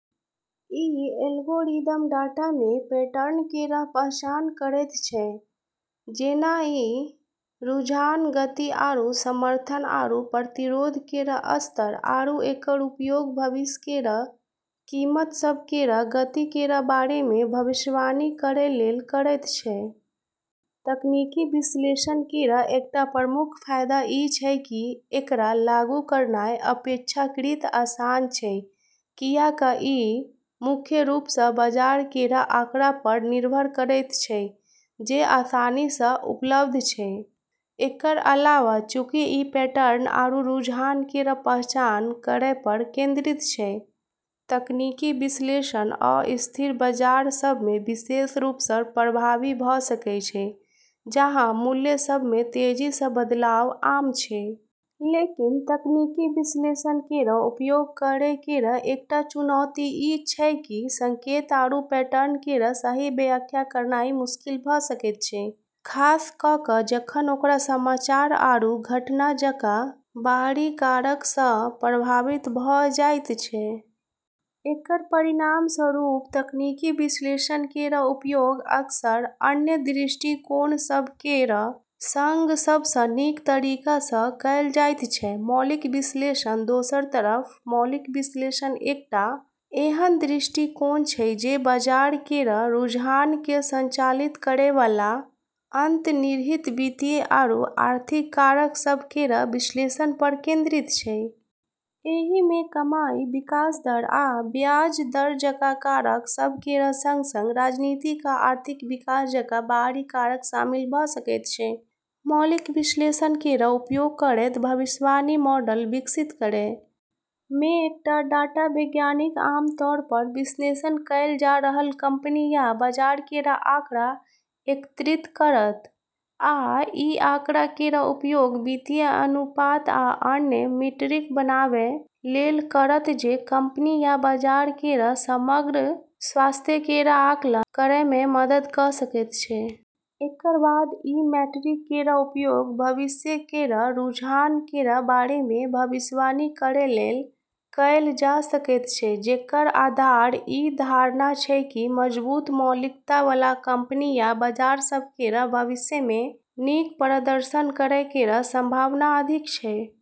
ई algorithm data मे pattern केर पहचान करैत छै, जेना कि रुझान, गति, आरू समर्थन आरू प्रतिरोध केर स्तर, आरू एकर उपयोग भविष्य केर कीमत सभ केर गति केर बारे मे भविष्यवाणी करै लेल करैत छै। तकनीकी विश्लेषण केर एकटा प्रमुख फायदा ई छै कि एकरा लागू करनाय अपेक्षाकृत आसान छै, कियाक ई मुख्य रूप सँ बाजार केर आँकड़ा पर निर्भर करैत छै जे आसानी सँ उपलब्ध छै। एकर अलावा, चूंकि ई पैटर्न आरू रुझान केर पहचान करै पर केंद्रित छै, तकनीकी विश्लेषण अस्थिर बाजार सभ मे विशेष रूप सँ प्रभावी भऽ सकैत छै, जहाँ मूल्य सभ मे तेजी सँ बदलाव आम छै। लेकिन तकनीकी विश्लेषण केर उपयोग करै केर एकटा चुनौती ई छै कि संकेत आरू पैटर्न केर सही व्याख्या करनाय मुश्किल भऽ सकैत छै, खास कऽ कऽ जखन ओकरा समाचार आरू घटना जकाँ बाहरी कारक सँ प्रभावित भऽ जाइत छै। एकर परिणामस्वरूप तकनीकी विश्लेषण केर उपयोग अक्सर अन्य दृष्टिकोण सभ केर सँग सब सँ नीक तरीका सँ कएल जाइत छै। मौलिक विश्लेषण दोसर तरफ मौलिक विश्लेषण एकटा एहन दृष्टिकोण छै जे बाजार केर रुझान केँ संचालित करै बला अंतर्निहित वित्तीय आरू आर्थिक कारक सभ केर विश्लेषण पर केंद्रित छै। एहि मे कमाई, विकास दर, आ ब्याज दर जकाँ कारक सभ केर सँग-सँग राजनीतिक आ आर्थिक विकास जकाँ बाहरी कारक शामिल भऽ सकैत छै। मौलिक विश्लेषण केर उपयोग करैत भविष्यवाणी मॉडल विकसित करै मे, एकटा डाटा वैज्ञानिक आम तौर पर विश्लेषण कएल जा रहल कंपनी या बाजार केर आँकड़ा एकत्रित करत, आ ई आँकड़ा केर उपयोग वित्तीय अनुपात आ अन्य मीट्रिक बनाबै लेल करत जे कंपनी या बाजार केर समग्र स्वास्थ्य केर आकलन करै मे मदद कऽ सकैत छै। एकर बाद ई मीट्रिक केर उपयोग भविष्य केर रुझान केर बारे मे भविष्यवाणी करै लेल कएल जा सकैत छै, जेकर आधार ई धारणा छै कि मजबूत मौलिकता बला कंपनी या बाजार सभ केर भविष्य मे नीक प्रदर्शन करै केर संभावना अधिक छै।